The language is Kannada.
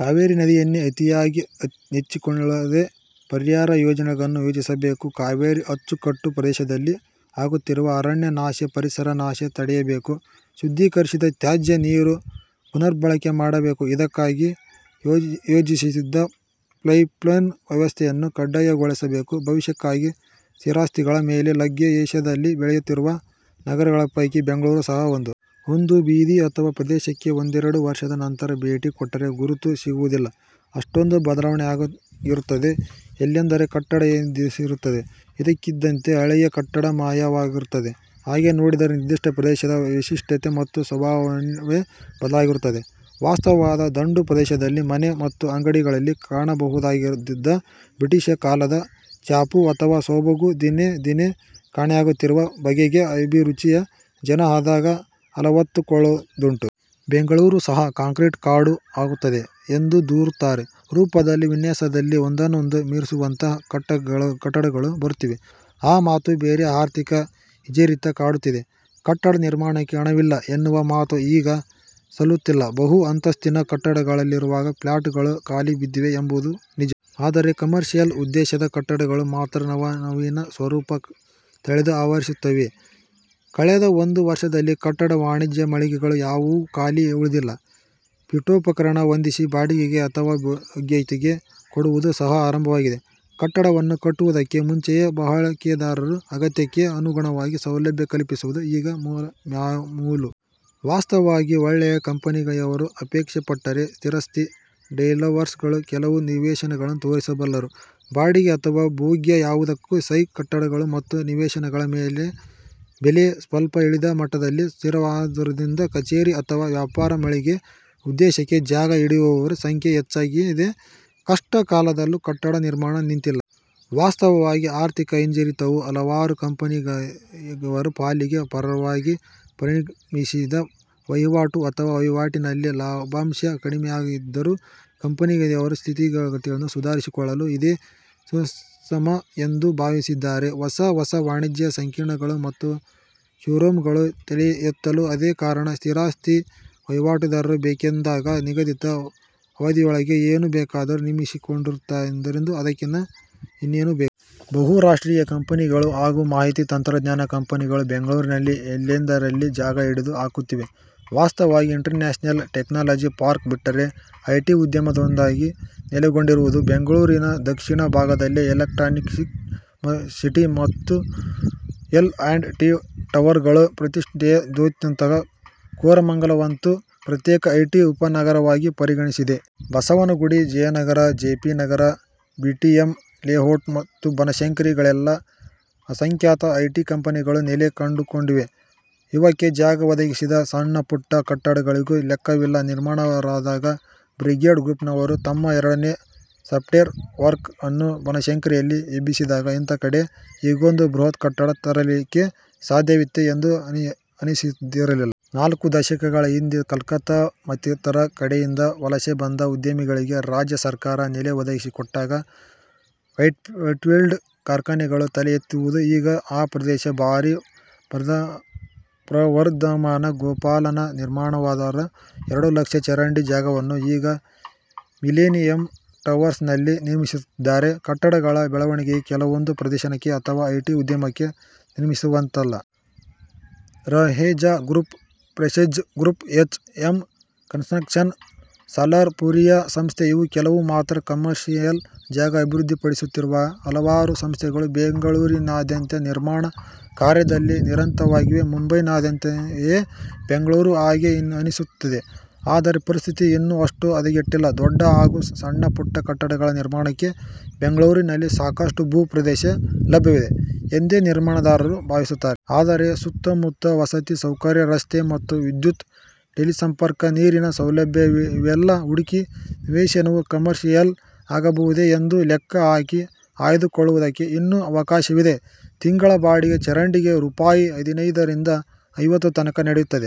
*ಕಾವೇರಿ ನದಿಯನ್ನೇ ಅತಿಯಾಗಿ ನೆಚ್ಚಿಕೊಳ್ಳದೆ ಪರ್ಯಾಯ ಯೋಜನೆಗಳನ್ನು ಯೋಚಿಸಬೇಕು. ಕಾವೇರಿ ಅಚ್ಚು ಕಟ್ಟು ಪ್ರದೇಶದಲ್ಲಿ ಆಗುತ್ತಿರುವ ಅರಣ್ಯನಾಶ, ಪರಿಸರ ನಾಶ ತಡೆಯಬೇಕು. *ಶುದ್ಧೀಕರಿಸಿದ ತ್ಯಾಜ್ಯ ನೀರು ಪುನರ್ಬಳಕೆ ಮಾಡಬೇಕು. ಇದಕ್ಕಾಗಿ ಯೋಜಿಸಿದ್ದ ಪೈಪ್ಲೈನ್ ವ್ಯವಸ್ಥೆಯನ್ನು ಕಡ್ಡಾಯಗೊಳಿಸಬೇಕು. ಭವಿಷ್ಯಕ್ಕಾಗಿ ಸ್ಥಿರಾಸ್ತಿಗಳ ಮೇಲೆ ಲಗ್ಗೆ ಏಷ್ಯಾದಲ್ಲಿ ಬೆಳೆಯುತ್ತಿರುವ ನಗರಗಳ ಪೈಕಿ ಬೆಂಗಳೂರು ಸಹಾ ಒಂದು. ಒಂದು ಬೀದಿ ಅಥವಾ ಪ್ರದೇಶಕ್ಕೆ ಒಂದೆರಡು ವರ್ಷದ ನಂತರ ಭೇಟಿ ಕೊಟ್ಟರೆ ಗುರುತು ಸಿಗುವುದಿಲ್ಲ. ಅಷ್ಟೊಂದು ಬದಲಾವಣೆ ಆಗಿರುತ್ತದೆ. ಎಲ್ಲೆಂದರಲ್ಲಿ ಕಟ್ಟಡ ಎದ್ದಿರುತ್ತದೆ. ಇದ್ದಕ್ಕಿದ್ದಂತೆ ಹಳೆಯ ಕಟ್ಟಡ ಮಾಯವಾಗಿರುತ್ತದೆ. ಹಾಗೆ ನೋಡಿದರೆ ನಿರ್ದಿಷ್ಟ ಪ್ರದೇಶದ ವೈಶಿಷ್ಟ ಮತ್ತು ಸ್ವಭಾವವೇ ಬದಲಾಗಿರುತ್ತದೆ. ವಾಸ್ತವವಾಗಿ ದಂಡು ಪ್ರದೇಶದಲ್ಲಿ ಮನೆ ಮತ್ತು ಅಂಗಡಿಗಳಲ್ಲಿ ಕಾಣಬಹುದಾಗಿದಾಗಿದ್ದ ಬ್ರಿಟಿಷರ ಕಾಲದ ಛಾಪು ಅಥವಾ ಸೊಬಗು ದಿನೇ ದಿನೇ ಕಾಣೆಯಾಗುತ್ತಿರುವ ಬಗೆಗೆ ಅಭಿರುಚಿಯ ಜನ ಆಗಾಗ ಅಲವತ್ತುಕೊಳ್ಳುದುಂಟು. ಬೆಂಗಳೂರು ಸಹಾ ಕಾಂಕ್ರೀಟ್ ಕಾಡು ಆಗುತ್ತದೆ ಎಂದು ದೂರುತ್ತಾರೆ. ರೂಪದಲ್ಲಿ ವಿನ್ಯಾಸದಲ್ಲಿ ಒಂದನ್ನೊಂದು ಮೀರಿಸುವಂಥ ಕಟ್ಟಡಗಳು ಬರುತ್ತಿವೆ. ಆ ಮಾತು ಬೇರೆ. ಆರ್ಥಿಕ ಹಿಂಜರಿತ ಕಾಡುತ್ತಿದೆ. ಕಟ್ಟಡ ನಿರ್ಮಾಣಕ್ಕೆ ಹಣವಿಲ್ಲ ಎನ್ನುವ ಮಾತು ಈಗ ಸಲ್ಲುತ್ತಿಲ್ಲ. ಬಹು ಅಂತಸ್ತಿನ ಕಟ್ಟಡಗಳಲ್ಲಿರುವ ಫ್ಲ್ಯಾಟುಗಳು ಖಾಲಿ ಬಿದ್ದಿವೆ ಎಂಬುದು ನಿಜ. ಆದರೆ ಕಮರ್ಷಿಯಲ್ ಉದ್ದೇಶದ ಕಟ್ಟಡಗಳು ಮಾತ್ರ ನವನವೀನ ಸ್ವರೂಪ ತಳೆದು ಆವರಿಸುತ್ತಿವೆ. ಕಳೆದ ಒಂದು ವರ್ಷದಲ್ಲಿ ಕಟ್ಟಡ ವಾಣಿಜ್ಯ ಮಳಿಗೆಗಳು ಯಾವುವೂ ಖಾಲಿ ಉಳಿದಿಲ್ಲ. ಪೀಠೋಪಕರಣ ಹೊಂದಿಸಿ ಬಾಡಿಗೆಗೆ ಅಥವಾ ಭೋಗ್ಯಕ್ಕೆ ಕೊಡುವುದು ಸಹಾ ಆರಂಭವಾಗಿದೆ. ಕಟ್ಟಡವನ್ನು ಕಟ್ಟುವುದಕ್ಕೆ ಮುಂಚೆಯೇ ಬಳಕೆದಾರರ ಅಗತ್ಯಕ್ಕೆ ಅನುಗುಣವಾಗಿ ಸೌಲಭ್ಯ ಕಲ್ಪಿಸುವುದು ಈಗ ಮಾಮೂಲು. ವಾಸ್ತವವಾಗಿ ಒಳ್ಳೆಯ ಕಂಪೆನಿಗಳವರು, ಅಪೇಕ್ಷೆ ಪಟ್ಟರೆ ಸ್ಥಿರಾಸ್ತಿ ಡೆವಲಪರ್ಗಳು, ಕೆಲವು ನಿವೇಶನಗಳನ್ನು ತೋರಿಸಬಲ್ಲರು. ಬಾಡಿಗೆ ಅಥವಾ ಭೋಗ್ಯ ಯಾವುದಕ್ಕೂ ಸೈ. ಕಟ್ಟಡಗಳು ಮತ್ತು ನಿವೇಶನಗಳ ಬೆಲೆ ಸ್ವಲ್ಪ ಇಳಿದ ಮಟ್ಟದಲ್ಲಿ ಸ್ಥಿರವಾಗಿರುವುದರಿಂದ ಕಚೇರಿ ಅಥವಾ ವ್ಯಾಪಾರ ಮಳಿಗೆ ಉದ್ದೇಶಕ್ಕೆ ಜಾಗ ಹಿಡಿಯುವವರ ಸಂಖ್ಯೆ ಹೆಚ್ಚಾಗಿದೆ. ಕಷ್ಟ ಕಾಲದಲ್ಲೂ ಕಟ್ಟಡ ನಿರ್ಮಾಣ ನಿಂತಿಲ್ಲ. ವಾಸ್ತವವಾಗಿ ಆರ್ಥಿಕ ಹಿಂಜರಿತವು ಹಲವಾರು ಕಂಪೆನಿಗಳವರ ಪಾಲಿಗೆ ವರವಾಗಿ ಪರಿಣಮಿಸಿದೆ. ವಹಿವಾಟು ಅಥವಾ ವಹಿವಾಟಿನಲ್ಲಿ ಲಾಭಾಂಶ ಕಡಿಮೆಯಾಗಿದ್ದರೂ ಕಂಪೆನಿಗಳವರು ಸ್ಥಿತಿಗತಿಗಳನ್ನು ಸುಧಾರಿಸಿಕೊಳ್ಳಲು ಇದೇ ಸುಸಮಯ ಎಂದು ಭಾವಿಸಿದ್ದಾರೆ. ಹೊಸ ಹೊಸ ವಾಣಿಜ್ಯ ಸಂಕೀರ್ಣಗಳು ಮತ್ತ ಷೋರೂಮುಗಳು ತಲೆಯೆತ್ತಲು ಅದೇ ಕಾರಣ. ಸ್ಥಿರಾಸ್ತಿ ವಹಿವಾಟುದಾರರು ಬೇಕೆಂದಾಗ ನಿಗದಿತ ಅವಧಿಯೊಳಗೆ ಏನು ಬೇಕಾದರೂ ನಿರ್ಮಿಸಿಕೊಡುತ್ತಾರೆಂದರೆ ಅದಕ್ಕಿಂತ ಇನ್ನೇನು ಬೇಕು? ಬಹುರಾಷ್ಟ್ರೀಯ ಕಂಪನಿಗಳು ಹಾಗೂ ಮಾಹಿತಿ ತಂತ್ರಜ್ಞಾನ ಕಂಪೆನಿಗಳು ಬೆಂಗಳೂರಿನಲ್ಲಿ ಎಲ್ಲೆಂದರಲ್ಲಿ ಜಾಗ ಹಿಡಿದು ಹಾಕುತ್ತಿವೆ. ವಾಸ್ತವವಾಗಿ ಇಂಟರ್ನ್ಯಾಷನಲ್ ಟೆಕ್ನಾಲಜಿ ಪಾರ್ಕ್ ಬಿಟ್ಟರೆ ಐಟಿ ಉದ್ಯಮ ದೊಡ್ಡದಾಗಿ ನೆಲೆಗೊಂಡಿರುವುದು ಬೆಂಗಳೂರಿನ ದಕ್ಷಿಣ ಭಾಗದಲ್ಲೇ ಎಲೆಕ್ಟ್ರಾನಿಕ್ಸಿಟಿ ಮತ್ತು ಎಲ್ ಆಂಡ್ ಟಿ ಟವರ್ಗಳು ಪ್ರತಿಷ್ಠೆಯ ದ್ಯೋತಕ. ಕೋರಮಂಗಲವಂತೂ ಪ್ರತ್ಯೇಕ ಐಟಿ ಉಪನಗರವಾಗಿ ಪರಿಣಮಸಿದೆ. Basavanagudi, Jayanagar, J. P. Nagar, BTM ಲೇಔಟ್ಮತ್ತು ಬನಶಂಕರಿಗಳಲ್ಲೆಲ್ಲ ಅಸಂಖ್ಯಾತ ಐಟಿ ಕಂಪೆನಿಗಳು ನೆಲೆ ಕಂಡುಕೊಂಡಿವೆ. ಇವಕ್ಕೆ ಜಾಗ ಒದಗಿಸಿದ ಸಣ್ಣಪುಟ್ಟ ಕಟ್ಟಡಗಳಿಗೂ ಲೆಕ್ಕವಿಲ್ಲ. ನಿರ್ಮಾಣದಾರರಾಗ ಬ್ರಿಗೇಡ್ ಗ್ರೂಪ್ನವರು ತಮ್ಮ ಎರಡನೇ ಸಾಫ್ಟ್ವೇರ್ ಪಾರ್ಕ್ಅನ್ನು ಬನಶಂಕರಿಯಲ್ಲಿ ಎಬ್ಬಿಸಿದಾಗ ಇಂಥ ಕಡೆ ಹೀಗೊಂದು ಬೃಹತ್ಕಟ್ಟಡ ಬರಲಿಕ್ಕೆ ಸಾಧ್ಯವಿತ್ತೇ ಎಂದು ಅನಿಸದಿರಲಿಲ್ಲ. ನಾಲ್ಕು ದಶಕಗಳ ಹಿಂದೆ ಕಲ್ಕತ್ತಾ ಮತ್ತಿತರ ಕಡೆಯಿಂದ ವಲಸೆ ಬಂದ ಉದ್ಯಮಿಗಳಿಗೆ ರಾಜ್ಯ ಸರ್ಕಾರ ನೆಲೆ ಒದಗಿಸಿಕೊಟ್ಟಾಗ ವೈಟ್ಫೀಲ್ಡ್ ಕಾರ್ಖಾನೆಗಳು ತಲೆ ಎತ್ತಿದುವು. ಈಗ ಆ ಪ್ರದೇಶ ಭಾರೀ ಪ್ರವರ್ಧಮಾನ. ಗೋಪಾಲನ್ ನಿರ್ಮಾಣದಾರರು ಎರಡು ಲಕ್ಷ ಚದರಡಿ ಜಾಗವನ್ನು ಈಗ ಮಿಲೆನಿಯಂ ಟವರ್ಸ್ನಲ್ಲಿ ನಿರ್ಮಿಸುತ್ತಿದ್ದಾರೆ. ಕಟ್ಟಡಗಳ ಬೆಳವಣಿಗೆ ಕೆಲವೊಂದು ಪ್ರದೇಶಕ್ಕೆ ಅಥವಾ ಐಟಿ ಉದ್ಯಮಕ್ಕೆ ಸೀಮಿತವಲ್ಲ. Raheja group, Prestige group, H M construction, Salarpuria ಸಂಸ್ಥೆ ಇವು ಕೆಲವು ಮಾತ್ರ. ಕಮರ್ಷಿಯಲ್ ಜಾಗ ಅಭಿವೃದ್ಧಿಪಡಿಸುತ್ತಿರುವ ಹಲವಾರು ಸಂಸ್ಥೆಗಳು ಬೆಂಗಳೂರಿನಾದ್ಯಂತ ನಿರ್ಮಾಣ ಕಾರ್ಯದಲ್ಲಿ ನಿರತವಾಗಿವೆ. ಮುಂಬೈನಂತಾಗುತ್ತದೆಯೆ ಬೆಂಗಳೂರು? ಹಾಗೆ ಅನಿಸುತ್ತದೆ. ಆದರೆ ಪರಿಸ್ಥಿತಿ ಇನ್ನೂ ಅಷ್ಟು ಹದಗೆಟ್ಟಿಲ್ಲ. ದೊಡ್ಡ ಹಾಗೂ ಸಣ್ಣ ಪುಟ್ಟ ಕಟ್ಟಡಗಳ ನಿರ್ಮಾಣಕ್ಕೆ ಬೆಂಗಳೂರಿನಲ್ಲಿ ಸಾಕಷ್ಟು ಭೂಪ್ರದೇಶ ಲಭ್ಯವಿದೆ ಎಂದೇ ನಿರ್ಮಾಣದಾರರು ಭಾವಿಸುತ್ತಾರೆ. ಆದರೆ ಸುತ್ತ ಮುತ್ತ ವಸತಿ ಸೌಕರ್ಯ, ರಸ್ತೆ ಮತ್ತು ವಿದ್ಯುತ್ತು, ಟೆಲಿಸಂಪರ್ಕ, ನೀರಿನ ಸೌಲಭ್ಯ ಇವೆಲ್ಲ ಹುಡುಕಿ ನಿವೇಶನವು ಕಮರ್ಷಿಯಲ್ ಆಗಬಹುದೇ ಎಂದು ಲೆಕ್ಕ ಹಾಕಿ ಆಯ್ದು ಕೊಳ್ಳುವುದಕ್ಕೆ ಇನ್ನೂ ಅವಕಾಶವಿದೆ. ತಿಂಗಳ ಬಾಡಿಗೆ ಚದರಡಿಗೆ ರೂಪಾಯಿ ಹದಿನೈದರಿಂದ ಐವತ್ತು ತನಕ ನಡೆಯುತ್ತದೆ.